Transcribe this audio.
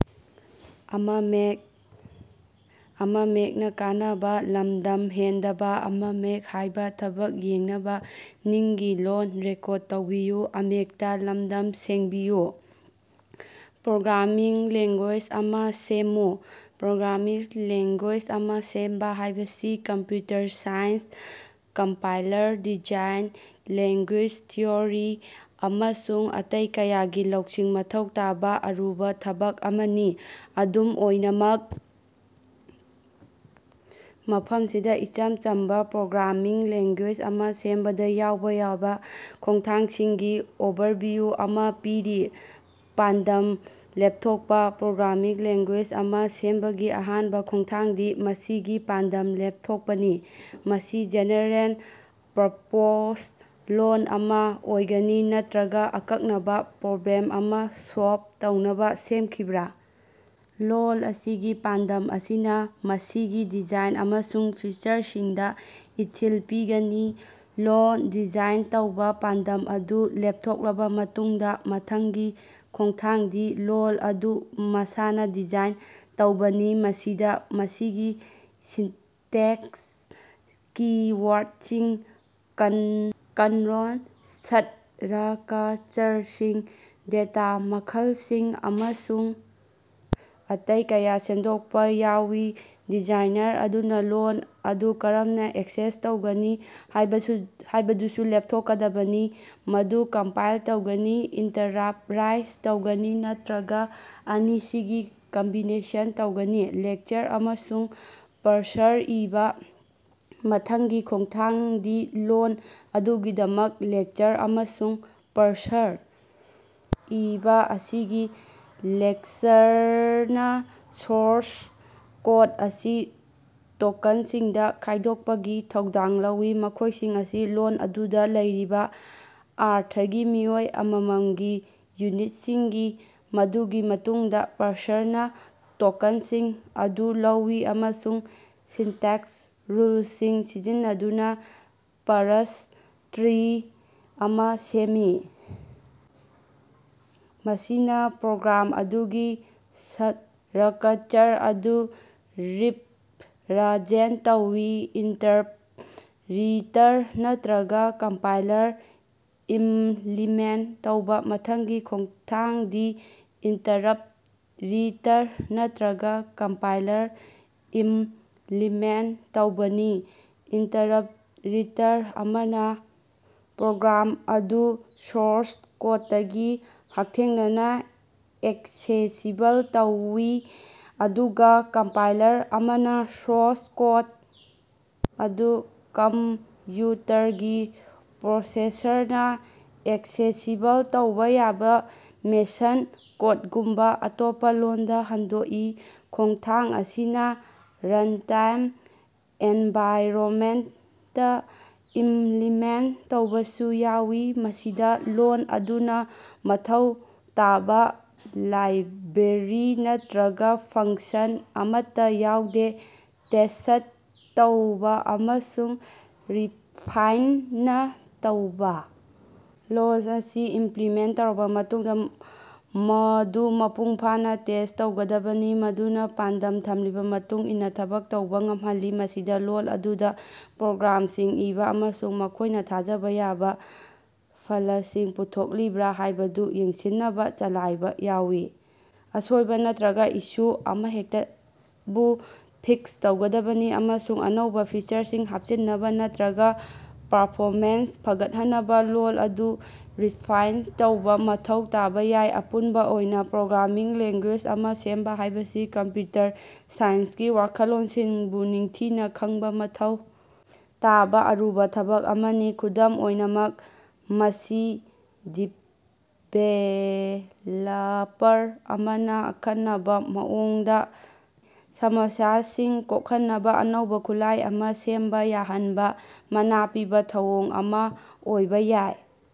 Programming language ꯑꯃꯥ ꯁꯦꯝꯃꯨ꯫ Programming language ꯑꯃꯥ ꯁꯦꯝꯕ ꯍꯥꯏꯕꯁꯤ computer science, compiler design, language theory ꯑꯃꯁꯨꯡ ꯑꯇꯩ ꯀꯌꯥꯒꯤ ꯂꯧꯁꯤꯡ ꯃꯊꯧ ꯇꯥꯕ ꯑꯔꯨꯕ ꯊꯕꯛ ꯑꯃꯅꯤ꯫ ꯑꯗꯨꯝ ꯑꯣꯏꯅꯃꯛ, ꯃꯐꯝꯁꯤꯗ ꯏꯆꯝ ꯆꯝꯕꯥ ꯄ꯭ꯔꯣꯒ꯭ꯔꯥꯃꯤꯡ ꯂꯦꯡ꯭ꯒꯨꯌꯦꯖ ꯑꯃꯥ ꯁꯦꯝꯕꯗ ꯌꯥꯎꯕ ꯌꯥꯕ ꯈꯣꯡꯊꯥꯡꯁꯤꯡꯒꯤ ꯑꯣꯚꯔꯚꯤꯌꯨ ꯑꯃꯥ ꯄꯤꯔꯤ꯫ ꯄꯥꯟꯗꯝ ꯂꯦꯞꯊꯣꯛꯄ ꯄ꯭ꯔꯣꯒ꯭ꯔꯥꯃꯤꯡ ꯂꯦꯡ꯭ꯒꯨꯌꯦꯖ ꯑꯃꯥ ꯁꯦꯝꯕꯒꯤ ꯑꯍꯥꯟꯕ ꯈꯣꯡꯊꯥꯡꯗꯤ ꯃꯁꯤꯒꯤ ꯄꯥꯟꯗꯝ ꯂꯦꯞꯊꯣꯛꯄꯅꯤ꯫ ꯃꯁꯤ ꯖꯦꯅꯔꯦꯜ-ꯄꯔꯄꯣꯖ ꯂꯣꯜ ꯑꯃꯥ ꯑꯣꯏꯒꯅꯤ ꯅꯠꯇ꯭ꯔꯒ ꯑꯀꯛꯅꯕ ꯄ꯭ꯔꯣꯕ꯭ꯂꯦꯝ ꯑꯃꯥ ꯁꯣꯜꯕ ꯇꯧꯅꯕ ꯁꯦꯝꯈꯤꯕꯔꯥ? ꯂꯣꯜ ꯑꯁꯤꯒꯤ ꯄꯥꯟꯗꯝ ꯑꯁꯤꯅꯥ ꯃꯁꯤꯒꯤ ꯗꯤꯖꯥꯏꯟ ꯑꯃꯁꯨꯡ ꯐꯤꯆꯔꯁꯤꯡꯗ ꯏꯊꯤꯜ ꯄꯤꯒꯅꯤ꯫ ꯂꯣꯜ ꯗꯤꯖꯥꯏꯟ ꯇꯧꯕ ꯄꯥꯟꯗꯝ ꯑꯗꯨ ꯂꯦꯞꯊꯣꯛꯂꯕ ꯃꯇꯨꯡꯗ ꯃꯊꯪꯒꯤ ꯈꯣꯡꯊꯥꯡꯗꯤ ꯂꯣꯜ ꯑꯗꯨ ꯃꯁꯥꯅꯥ ꯗꯤꯖꯥꯏꯟ ꯇꯧꯕꯅꯤ꯫ ꯃꯁꯤꯗꯥ ꯃꯁꯤꯒꯤ ꯁꯤꯟꯇꯦꯛꯁ, ꯀꯤ-ꯋꯥꯔꯗꯁꯤꯡ, ꯀꯟꯠꯔꯣꯜ ꯁ꯭ꯠꯔꯀꯆꯔꯁꯤꯡ, ꯗꯦꯇꯥ ꯃꯈꯜꯁꯤꯡ ꯑꯃꯁꯨꯡ ꯑꯇꯩ ꯀꯌꯥ ꯁꯦꯝꯗꯣꯛꯄꯥ ꯌꯥꯎꯏ꯫ ꯗꯤꯖꯥꯏꯅꯔ ꯑꯗꯨꯅ ꯂꯣꯜ ꯑꯗꯨ ꯀꯔꯝꯅ ꯑꯦꯛꯁꯦꯁ ꯇꯧꯒꯅꯤ ꯍꯥꯏꯕꯗꯨꯁꯨ ꯂꯦꯞꯊꯣꯛꯀꯗꯕꯅꯤ, ꯃꯗꯨ ꯀꯝꯄꯥꯏꯜ ꯇꯧꯒꯅꯤ, ꯏꯟꯇꯔꯞꯔꯥꯏꯖ ꯇꯧꯒꯅꯤ ꯅꯠꯇ꯭ꯔꯒ ꯑꯅꯤꯁꯤꯒꯤ ꯀꯝꯕꯤꯅꯦꯁꯟ ꯇꯧꯒꯅꯤ꯫ ꯂꯦꯛꯁꯔ ꯑꯃꯁꯨꯡ ꯄꯥꯔꯁꯔ ꯏꯕꯥ ꯃꯊꯪꯒꯤ ꯈꯣꯡꯊꯥꯡꯗꯤ ꯂꯣꯜ ꯑꯗꯨꯒꯤꯗꯃꯛ ꯂꯦꯛꯁꯔ ꯑꯃꯁꯨꯡ ꯄꯥꯔꯁꯔ ꯏꯕꯥ ꯑꯁꯤꯒꯤ꯫ ꯂꯦꯛꯁꯔꯅꯥ ꯁꯣꯔꯁ ꯀꯣꯠ ꯑꯁꯤ ꯇꯣꯛꯀꯟꯁꯤꯡꯗ ꯈꯥꯏꯗꯣꯛꯄꯒꯤ ꯊꯧꯗꯥꯡ ꯂꯧꯏ, ꯃꯈꯣꯏꯁꯤꯡ ꯑꯁꯤ ꯂꯣꯜ ꯑꯗꯨꯗꯥ ꯂꯩꯔꯤꯕ ꯑꯔꯊꯒꯤ ꯃꯤꯑꯣꯏ ꯑꯃꯃꯝꯒꯤ ꯌꯨꯅꯤꯠꯁꯤꯡꯅꯤ꯫ ꯃꯗꯨꯒꯤ ꯃꯇꯨꯡꯗꯥ ꯄꯥꯔꯁꯔꯅꯥ ꯇꯣꯛꯀꯟꯁꯤꯡ ꯑꯗꯨ ꯂꯧꯏ ꯑꯃꯁꯨꯡ ꯁꯤꯟꯇꯦꯛꯁ ꯔꯨꯜꯁꯤꯡ ꯁꯤꯖꯤꯟꯅꯗꯨꯅꯥ ꯄꯥꯔꯁ ꯇ꯭ꯔꯤ ꯑꯃꯥ ꯁꯦꯝꯃꯤ, ꯃꯁꯤꯅꯥ ꯄ꯭ꯔꯣꯒ꯭ꯔꯥꯝ ꯑꯗꯨꯒꯤ ꯁ꯭ꯠꯔꯀꯆꯔ ꯑꯗꯨ ꯔꯤꯄꯔꯖꯦꯟ ꯇꯧꯏ꯫ ꯏꯟꯇꯔꯞꯔꯤꯇꯔ ꯅꯠꯇ꯭ꯔꯒ ꯀꯝꯄꯥꯏꯂꯔ ꯏꯝꯞꯂꯤꯃꯦꯟꯠ ꯇꯧꯕ ꯃꯊꯪꯒꯤ ꯈꯣꯡꯊꯥꯡꯗꯤ ꯏꯟꯇꯔꯞꯔꯤꯇꯔ ꯅꯠꯇ꯭ꯔꯒꯥ ꯀꯝꯄꯥꯏꯂꯔ ꯏꯝꯞꯂꯤꯃꯦꯟꯠ ꯇꯧꯕꯅꯤ꯫ ꯏꯟꯇꯔꯞꯔꯤꯇꯔ ꯑꯃꯅꯥ ꯄ꯭ꯔꯣꯒ꯭ꯔꯥꯝ ꯑꯗꯨ ꯁꯣꯔꯁ ꯀꯣꯠꯇꯒꯤ ꯍꯛꯊꯦꯡꯅꯅꯥ ꯑꯦꯛꯁꯦꯁꯤꯕꯜ ꯇꯧꯏ, ꯑꯗꯨꯒꯥ ꯀꯝꯄꯥꯏꯂꯔ ꯑꯃꯅꯥ ꯁꯣꯔꯁ ꯀꯣꯠ ꯑꯗꯨ ꯀꯝꯞꯌꯨꯇꯔꯒꯤ ꯄ꯭ꯔꯣꯁꯦꯁꯔꯅꯥ ꯑꯦꯛꯁꯦꯁꯤꯕꯜ ꯇꯧꯕ ꯌꯥꯕ ꯃꯦꯁꯟ ꯀꯣꯠꯒꯨꯝꯕ ꯑꯇꯣꯞꯄꯥ ꯂꯣꯟꯗꯥ ꯍꯟꯗꯣꯛꯏ꯫ ꯈꯣꯡꯊꯥꯡ ꯑꯁꯤꯅꯥ ꯔꯟꯇꯥꯏꯝ ꯑꯦꯟꯚꯥꯏꯔꯣꯝꯃꯦꯟꯇ ꯏꯝꯞꯂꯤꯃꯦꯟꯠ ꯇꯧꯕꯁꯨ ꯌꯥꯎꯏ, ꯃꯁꯤꯗꯥ ꯂꯣꯜ ꯑꯗꯨꯅ ꯃꯊꯧ ꯇꯥꯕ ꯂꯥꯏꯕ꯭ꯔꯦꯔꯤ ꯅꯠꯇ꯭ꯔꯒ ꯐꯪꯁꯟ ꯑꯃꯠꯇꯥ ꯌꯥꯎꯗꯦ꯫ ꯇꯦꯁ꯭ꯠ ꯇꯧꯕꯥ ꯑꯃꯁꯨꯡ ꯔꯤꯐꯥꯏꯟꯅꯥ ꯇꯧꯕꯥ ꯂꯣꯜ ꯑꯁꯤ ꯏꯝꯞꯂꯤꯃꯦꯟꯠ ꯇꯧꯔꯕ ꯃꯇꯨꯡꯗꯥ ꯃꯗꯨ ꯃꯄꯨꯡ ꯐꯥꯅꯥ ꯇꯦꯁ꯭ꯠ ꯇꯧꯒꯗꯕꯅꯤ ꯃꯗꯨꯅꯥ ꯄꯥꯟꯗꯝ ꯊꯝꯂꯤꯕꯥ ꯃꯇꯨꯡ ꯏꯟꯅꯥ ꯊꯕꯛ ꯇꯧꯕꯥ ꯉꯝꯍꯜꯂꯤ꯫ ꯃꯁꯤꯗꯥ ꯂꯣꯜ ꯑꯗꯨꯗꯥ ꯄ꯭ꯔꯣꯒ꯭ꯔꯥꯝꯁꯤꯡ ꯏꯕꯥ ꯑꯃꯁꯨꯡ ꯃꯈꯣꯏꯅ ꯊꯥꯖꯕ ꯌꯥꯕ ꯐꯂꯁꯤꯡ ꯄꯨꯊꯣꯛꯂꯤꯕ꯭ꯔꯥ ꯍꯥꯏꯕꯗꯨ ꯌꯦꯡꯁꯤꯟꯅꯕ ꯆꯂꯥꯏꯕ ꯌꯥꯎꯏ꯫ ꯑꯁꯣꯏꯕ ꯅꯠꯇ꯭ꯔꯒ ꯏꯁꯨ ꯑꯃꯍꯦꯛꯇꯕꯨ ꯐꯤꯛꯁ ꯇꯧꯒꯗꯕꯅꯤ, ꯑꯃꯁꯨꯡ ꯑꯅꯧꯕ ꯐꯤꯆꯔꯁꯤꯡ ꯍꯥꯞꯆꯤꯟꯅꯕ ꯅꯠꯇ꯭ꯔꯒ ꯄꯔꯐꯣꯃꯦꯟꯁ ꯐꯒꯠꯍꯟꯅꯕ ꯂꯣꯜ ꯑꯗꯨ ꯔꯤꯐꯥꯏꯟꯗ ꯇꯧꯕ ꯃꯊꯧ ꯇꯥꯕ ꯌꯥꯏ꯫ ꯑꯄꯨꯟꯕ ꯑꯣꯏꯅ ꯄ꯭ꯔꯣꯒ꯭ꯔꯥꯝꯃꯤꯡ ꯂꯦꯡ꯭ꯒꯨꯌꯦꯖ ꯑꯃꯥ ꯁꯦꯝꯕ ꯍꯥꯏꯕꯁꯤ ꯀꯝꯞꯌꯨꯇꯔ ꯁꯥꯏꯟꯁꯀꯤ ꯋꯥꯈꯜꯂꯣꯟꯁꯤꯡꯕꯨ ꯅꯤꯡꯊꯤꯅꯥ ꯈꯪꯕ ꯃꯊꯧ ꯇꯥꯕ ꯑꯔꯨꯕ ꯊꯕꯛ ꯑꯃꯅꯤ꯫ ꯈꯨꯗꯝ ꯑꯣꯏꯅꯃꯛ, ꯃꯁꯤ ꯗꯤꯕꯦꯂꯄꯔ ꯑꯃꯅꯥ ꯑꯈꯟꯅꯕ ꯃꯑꯣꯡꯗꯥ ꯁꯃꯁ꯭ꯌꯥꯁꯤꯡ ꯀꯣꯛꯍꯟꯅꯕ ꯑꯅꯧꯕ ꯈꯨꯠꯂꯥꯏ ꯑꯃꯥ ꯁꯦꯝꯕ ꯌꯥꯍꯟꯕ ꯃꯅꯥ ꯄꯤꯕ ꯊꯧꯑꯣꯡ ꯑꯃꯥ ꯑꯣꯏꯕ ꯌꯥꯏ꯫